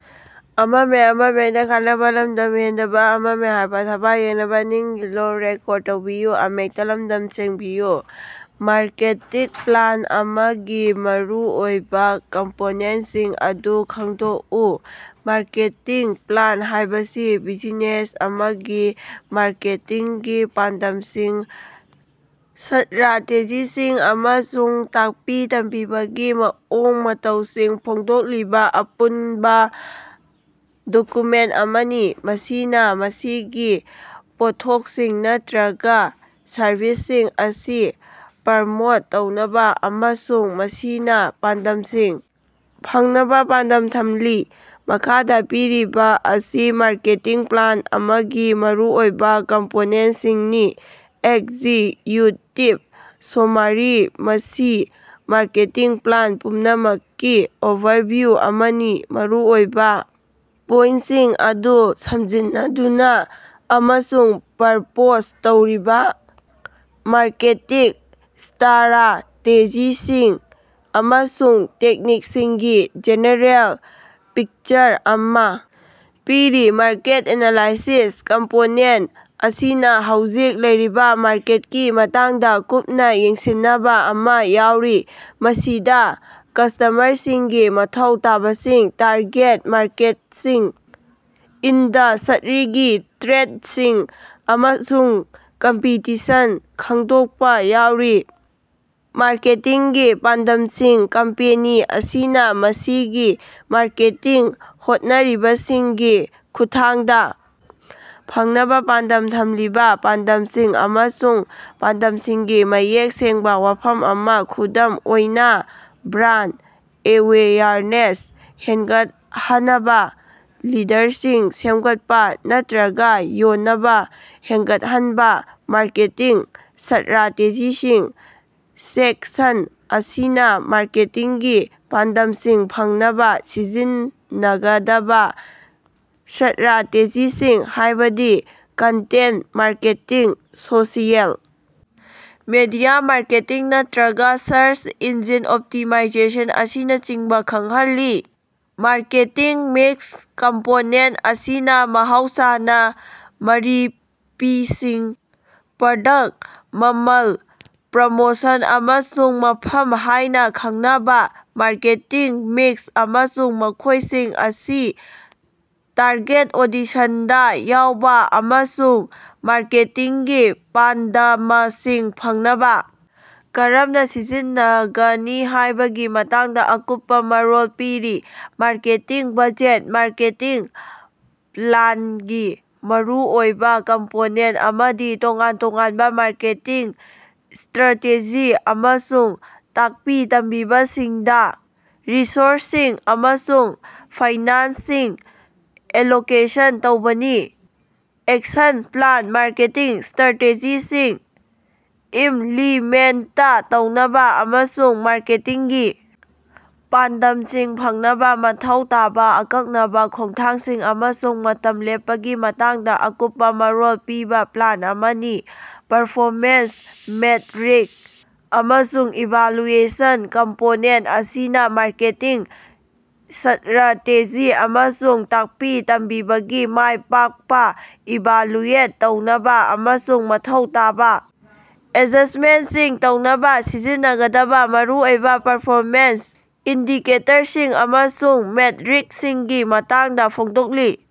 Marketing plan ꯑꯃꯒꯤ ꯃꯔꯨꯑꯣꯏꯕ ꯀꯝꯄꯣꯅꯦꯟꯠꯁꯤꯡ ꯑꯗꯨ ꯈꯪꯗꯣꯛꯎ꯫ ꯃꯥꯔꯀꯦꯇꯤꯡ ꯄ꯭ꯂꯥꯟ ꯍꯥꯏꯕꯁꯤ ꯕꯤꯖꯤꯅꯦꯁ ꯑꯃꯒꯤ ꯃꯥꯔꯀꯦꯇꯤꯡꯒꯤ ꯄꯥꯟꯗꯝꯁꯤꯡ, ꯁ꯭ꯠꯔꯥꯇꯦꯖꯤꯁꯤꯡ ꯑꯃꯁꯨꯡ ꯇꯥꯛꯄꯤ-ꯇꯝꯕꯤꯕꯒꯤ ꯃꯑꯣꯡ-ꯃꯇꯧꯁꯤꯡ ꯐꯣꯡꯗꯣꯛꯂꯤꯕ ꯑꯄꯨꯟꯕ ꯗꯣꯛꯌꯨꯃꯦꯟꯇ ꯑꯃꯅꯤ꯫ ꯃꯁꯤꯅꯥ ꯃꯁꯤꯒꯤ ꯄꯣꯠꯊꯣꯛꯁꯤꯡ ꯅꯠꯇ꯭ꯔꯒ ꯁꯔꯚꯤꯁꯁꯤꯡ ꯑꯁꯤ ꯄ꯭ꯔꯃꯣꯠ ꯇꯧꯅꯕ ꯑꯃꯁꯨꯡ ꯃꯁꯤꯅ ꯄꯥꯟꯗꯝꯁꯤꯡ ꯐꯪꯅꯕ ꯄꯥꯟꯗꯝ ꯊꯝꯂꯤ꯫ ꯃꯈꯥꯗꯥ ꯄꯤꯔꯤꯕ ꯑꯁꯤ ꯃꯥꯔꯀꯦꯇꯤꯡ ꯄ꯭ꯂꯥꯟ ꯑꯃꯒꯤ ꯃꯔꯨꯑꯣꯏꯕ ꯀꯝꯄꯣꯅꯦꯟꯇꯁꯤꯡꯅꯤ ꯑꯦꯛꯖꯤꯛꯌꯨꯇꯤꯚ ꯁꯣꯃꯥꯔꯤ ꯃꯁꯤ ꯃꯥꯔꯀꯦꯇꯤꯡ ꯄ꯭ꯂꯥꯟ ꯄꯨꯝꯅꯃꯛꯀꯤ ꯑꯣꯚꯔꯚꯤꯌꯨ ꯑꯃꯅꯤ, ꯃꯔꯨꯑꯣꯏꯕ ꯄꯣꯏꯟꯇꯁꯤꯡ ꯑꯗꯨ ꯁꯝꯖꯤꯟꯅꯗꯨꯅ ꯑꯃꯁꯨꯡ ꯄ꯭ꯔꯄꯣꯖ ꯇꯧꯔꯤꯕ ꯃꯥꯔꯀꯦꯇꯤꯡ ꯁ꯭ꯇꯥꯔꯥꯇꯦꯖꯤꯁꯤꯡ ꯑꯃꯁꯨꯡ ꯇꯦꯛꯅꯤꯛꯁꯤꯡꯒꯤ ꯖꯦꯅꯦꯔꯦꯜ ꯄꯤꯛꯆꯔ ꯑꯃꯥ ꯄꯤꯔꯤ꯫ ꯃꯥꯔꯀꯦꯠ ꯑꯦꯅꯥꯂꯥꯏꯁꯤꯁ ꯀꯝꯄꯣꯅꯦꯟꯇ ꯑꯁꯤꯅꯥ ꯍꯧꯖꯤꯛ ꯂꯩꯔꯤꯕ ꯃꯥꯔꯀꯦꯠꯀꯤ ꯃꯇꯥꯡꯗ ꯀꯨꯞꯅꯥ ꯌꯦꯡꯁꯤꯟꯅꯕ ꯑꯃꯥ ꯌꯥꯎꯔꯤ, ꯃꯁꯤꯗꯥ ꯀꯁ꯭ꯇꯃꯔꯁꯤꯡꯒꯤ ꯃꯊꯧ ꯇꯥꯕꯁꯤꯡ, ꯇꯥꯔꯒꯦꯠ ꯃꯥꯔꯀꯦꯠꯁꯤꯡ, ꯏꯟꯗꯁ꯭ꯠꯔꯤꯒꯤ ꯇ꯭ꯔꯦꯟꯗꯁꯤꯡ, ꯑꯃꯁꯨꯡ ꯀꯝꯄꯤꯇꯤꯁꯟ ꯈꯪꯗꯣꯛꯄꯥ ꯌꯥꯎꯔꯤ꯫ ꯃꯥꯔꯀꯦꯇꯤꯡꯒꯤ ꯄꯥꯟꯗꯝꯁꯤꯡ ꯀꯝꯄꯦꯅꯤ ꯑꯁꯤꯅꯥ ꯃꯁꯤꯒꯤ ꯃꯥꯔꯀꯦꯇꯤꯡ ꯍꯣꯠꯅꯔꯤꯕꯁꯤꯡꯒꯤ ꯈꯨꯠꯊꯥꯡꯗꯥ ꯐꯪꯅꯕꯥ ꯄꯥꯟꯗꯝ ꯊꯝꯂꯤꯕꯥ ꯄꯥꯟꯗꯝꯁꯤꯡ ꯑꯃꯁꯨꯡ ꯄꯥꯟꯗꯝꯁꯤꯡꯒꯤ ꯃꯌꯦꯛ ꯁꯦꯡꯕꯥ ꯋꯥꯐꯝ ꯑꯃꯥ, ꯈꯨꯗꯝ ꯑꯣꯏꯅꯥ ꯕ꯭ꯔꯥꯟꯗ ꯑꯦꯋꯦꯌꯔꯅꯦꯁ ꯍꯦꯟꯒꯠꯍꯅꯕꯥ, ꯂꯤꯗꯔꯁꯤꯡ ꯁꯦꯝꯒꯠꯄꯥ, ꯅꯠꯇ꯭ꯔꯒꯥ ꯌꯣꯟꯅꯕꯥ ꯍꯦꯟꯒꯠꯍꯟꯕꯥ꯫ ꯃꯥꯔꯀꯦꯇꯤꯡ ꯁ꯭ꯠꯔꯥꯇꯦꯖꯤꯁꯤꯡ ꯁꯦꯛꯁꯟ ꯑꯁꯤꯅꯥ ꯃꯥꯔꯀꯦꯇꯤꯡꯒꯤ ꯄꯥꯟꯗꯝꯁꯤꯡ ꯐꯪꯅꯕ ꯁꯤꯖꯤꯟꯅꯒꯗꯕꯥ ꯁ꯭ꯠꯔꯥꯇꯦꯖꯤꯁꯤꯡ, ꯍꯥꯏꯕꯗꯤ content marketing, social media marketing, ꯅꯠꯇ꯭ꯔꯒꯥ ꯁꯔꯆ ꯏꯟꯖꯤꯟ ꯑꯣꯞꯇꯤꯃꯥꯏꯖꯦꯁꯟ ꯑꯁꯤꯅꯆꯤꯡꯕꯥ ꯈꯪꯍꯜꯂꯤ꯫ ꯃꯥꯔꯀꯦꯇꯤꯡ ꯃꯤꯛꯁ ꯀꯝꯄꯣꯅꯦꯟꯇ ꯑꯁꯤꯅꯥ ꯃꯍꯧꯁꯥꯅꯥ ꯃꯔꯤꯄꯤꯁꯤꯡ ꯄ꯭ꯔꯗꯛꯇ, ꯃꯃꯜ, ꯄ꯭ꯔꯃꯣꯁꯟ, ꯑꯃꯁꯨꯡ ꯃꯐꯝ ꯍꯥꯏꯅꯥ ꯈꯪꯅꯕꯥ ꯃꯥꯔꯀꯦꯇꯤꯡ ꯃꯤꯛꯁ ꯑꯃꯁꯨꯡ ꯃꯈꯣꯏꯁꯤꯡ ꯑꯁꯤ ꯇꯥꯔꯒꯦꯠ ꯑꯣꯗꯤꯁꯟꯗꯥ ꯌꯧꯕ ꯑꯃꯁꯨꯡ ꯃꯥꯔꯀꯦꯇꯤꯡꯒꯤ ꯄꯥꯟꯗꯃꯁꯤꯡ ꯐꯪꯅꯕ ꯀꯔꯝꯅ ꯁꯤꯖꯤꯟꯅꯒꯅꯤ ꯍꯥꯏꯕꯒꯤ ꯃꯇꯥꯡꯗꯥ ꯑꯀꯨꯞꯄꯥ ꯃꯔꯣꯜ ꯄꯤꯔꯤ꯫ ꯃꯥꯔꯀꯦꯇꯤꯡ ꯕꯖꯦꯠ ꯃꯥꯔꯀꯦꯇꯤꯡ ꯄ꯭ꯂꯥꯟꯒꯤ ꯃꯔꯨꯑꯣꯏꯕ ꯀꯝꯄꯣꯅꯦꯟꯇ ꯑꯃꯗꯤ ꯇꯣꯉꯥꯟ ꯇꯣꯉꯥꯟꯕ ꯃꯥꯔꯀꯦꯇꯤꯡ ꯁ꯭ꯇꯔꯇꯦꯖꯤ ꯑꯃꯁꯨꯡ ꯇꯥꯛꯄꯤ-ꯇꯝꯕꯤꯕꯁꯤꯡꯗꯥ ꯔꯤꯁꯣꯔꯁꯁꯤꯡ ꯑꯃꯁꯨꯡ ꯐꯥꯏꯅꯥꯟꯁꯁꯤꯡ ꯑꯦꯂꯣꯀꯦꯁꯟ ꯇꯧꯕꯅꯤ꯫ ꯑꯦꯛꯁꯟ ꯄ꯭ꯂꯥꯟ ꯃꯥꯔꯀꯦꯇꯤꯡ ꯁ꯭ꯇꯔꯇꯦꯖꯤꯁꯤꯡ ꯏꯝꯞꯂꯤꯃꯦꯟꯇ ꯇꯧꯅꯕ ꯑꯃꯁꯨꯡ ꯃꯥꯔꯀꯦꯇꯤꯡꯒꯤ ꯄꯥꯟꯗꯝꯁꯤꯡ ꯐꯪꯅꯕ ꯃꯊꯧ ꯇꯥꯕ ꯑꯀꯛꯅꯕ ꯈꯣꯡꯊꯥꯡꯁꯤꯡ ꯑꯃꯁꯨꯡ ꯃꯇꯝ ꯂꯦꯞꯄꯒꯤ ꯃꯇꯥꯡꯗ ꯑꯀꯨꯞꯄꯥ ꯃꯔꯣꯜ ꯄꯤꯕ ꯄ꯭ꯂꯥꯟ ꯑꯃꯅꯤ꯫ ꯄꯔꯐꯣꯃꯦꯟꯁ ꯃꯦꯠꯔꯤꯛ ꯑꯃꯁꯨꯡ ꯏꯚꯥꯂꯨꯑꯦꯁꯟ ꯀꯝꯄꯣꯅꯦꯟꯇ ꯑꯁꯤꯅꯥ ꯃꯥꯔꯀꯦꯇꯤꯡ ꯁ꯭ꯠꯔꯥꯇꯦꯖꯤ ꯑꯃꯁꯨꯡ ꯇꯥꯛꯄꯤ ꯇꯝꯕꯤꯕꯒꯤ ꯃꯥꯏ ꯄꯥꯛꯄꯥ ꯏꯚꯥꯂꯨꯑꯦꯠ ꯇꯧꯅꯕ, ꯑꯃꯁꯨꯡ ꯃꯊꯧ ꯇꯥꯕ ꯑꯦꯗꯖꯁ꯭ꯇꯃꯦꯟꯠꯁꯤꯡ ꯇꯧꯅꯕ ꯁꯤꯖꯤꯟꯅꯒꯗꯕ ꯃꯔꯨꯑꯣꯏꯕ ꯄꯔꯐꯣꯃꯦꯟꯁ ꯏꯟꯗꯤꯀꯦꯇꯔꯁꯤꯡ ꯑꯃꯁꯨꯡ ꯃꯦꯠꯔꯤꯛꯁꯤꯡꯒꯤ ꯃꯇꯥꯡꯗ ꯐꯣꯡꯗꯣꯛꯂꯤ꯫